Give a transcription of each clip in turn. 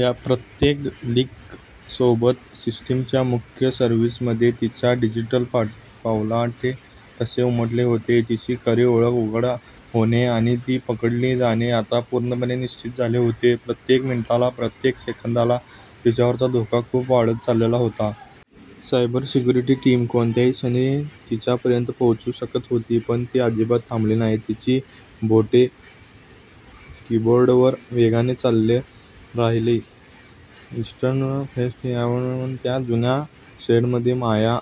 या प्रत्येक लीकसोबत सिस्टीमच्या मुख्य सर्व्हरमध्ये तिच्या डिजिटल पावलांचे ठसे उमटत होते. तिची खरी ओळख उघड होणे आणि ती पकडली जाणे आता पूर्णपणे निश्चित झाले होते. प्रत्येक मिनिटाला, प्रत्येक सेकंदाला तिच्यावरचा धोका खूप वाढत चालला होता. सायबर सिक्युरिटी टीम कोणत्याही क्षणी तिच्यापर्यंत पोहोचू शकत होती, पण ती अजिबात थांबली नाही. तिची बोटे किबोर्डवर वेगाने चालत राहिली. इस्टर्न फ्रेट यार्डमधील त्या जुन्या शेडमध्ये माया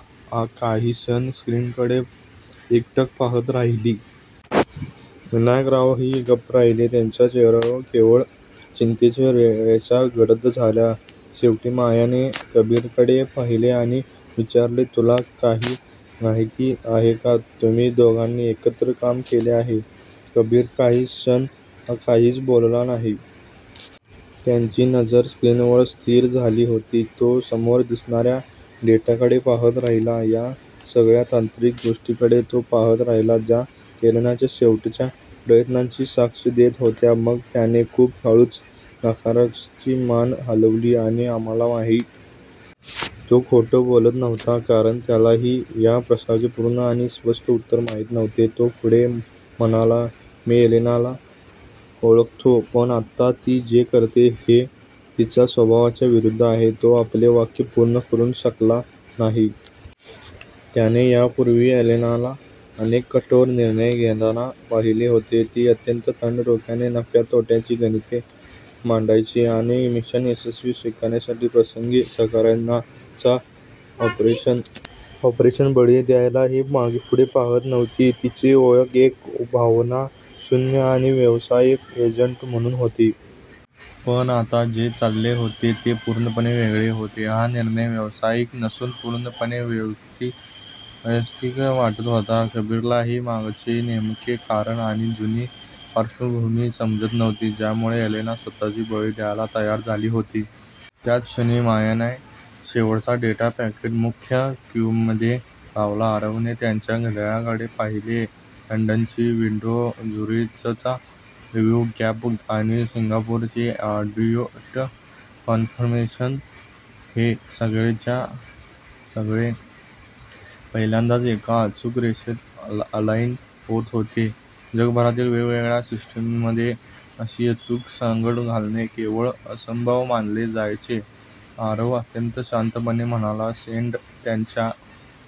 काही क्षण स्क्रीनकडे एकटक पाहत राहिली. विनायकरावही गप्प राहिले, त्यांच्या चेहऱ्यावर केवळ चिंतेच्या रेषा गडद झाल्या. शेवटी मायाने कबीरकडे पाहिले आणि विचारले, "तुला काही माहिती आहे का? तुम्ही दोघांनी एकत्र काम केले आहे" कबीर काही क्षण काहीच बोलला नाही. त्याची नजर स्क्रीनवर स्थिर झाली होती. तो समोर दिसणाऱ्या डेटाकडे पाहत राहिला. या सगळ्या तांत्रिक गोष्टींकडे तो पाहत राहिला, ज्या एलेनाच्या शेवटच्या प्रयत्नांची साक्ष देत होत्या. मग त्याने खूप हळूच नकारार्थी मान हलवली आणि म्हणाला, नाही. " तो खोटे बोलत नव्हता, कारण त्यालाही या प्रश्नाचे पूर्ण आणि स्पष्ट उत्तर माहीत नव्हते. तो पुढे म्हणाला, "मी एलेनाला ओळखतो, पण आत्ता ती जे करतेय, हे तिच्या स्वभावाच्या विरुद्ध आहे. " तो आपले वाक्य पूर्ण करू शकला नाही. त्याने यापूर्वी एलेनाला अनेक कठोर निर्णय घेताना पाहिले होते. ती अत्यंत थंड डोक्याने नफ्या-तोट्याची गणिते मांडायची आणि मिशन यशस्वी करण्यासाठी प्रसंगी सहकाऱ्यांचा ऑपरेशनल बळी द्यायलाही मागेपुढे पाहत नव्हती. तिची ओळख एक भावनाशून्य आणि व्यावसायिक एजंट म्हणून होती. पण आत्ता जे चालले होते ते पूर्णपणे वेगळे होते. हा निर्णय व्यावसायिक नसून पूर्णपणे वैयक्तिक वाटत होता. कबीरलाही त्यामागचे नेमके कारण आणि जुनी पार्श्वभूमी समजत नव्हती, ज्यामुळे एलेना स्वतःचा बळी द्यायला तयार झाली होती. त्याच क्षणी मायाने शेवटचा डेटा पॅकेट मुख्य क्यूमध्ये लावला. आरवने त्याच्या घड्याळाकडे पाहिले. लंडनची विंडो, झुरिचचा रिव्ह्यू गॅप आणि सिंगापूरचे ऑडिट कन्फर्मेशन... हे सगळेच्या सगळे पहिल्यांदाच एका अचूक रेषेत अलाईन होत होते. जगभरातील वेगवेगळ्या सिस्टीम्समध्ये अशी अचूक सांगड घालणे केवळ असंभव मानले जायचे. आरव अत्यंत शांतपणे म्हणाला, "सेंड. " त्याच्या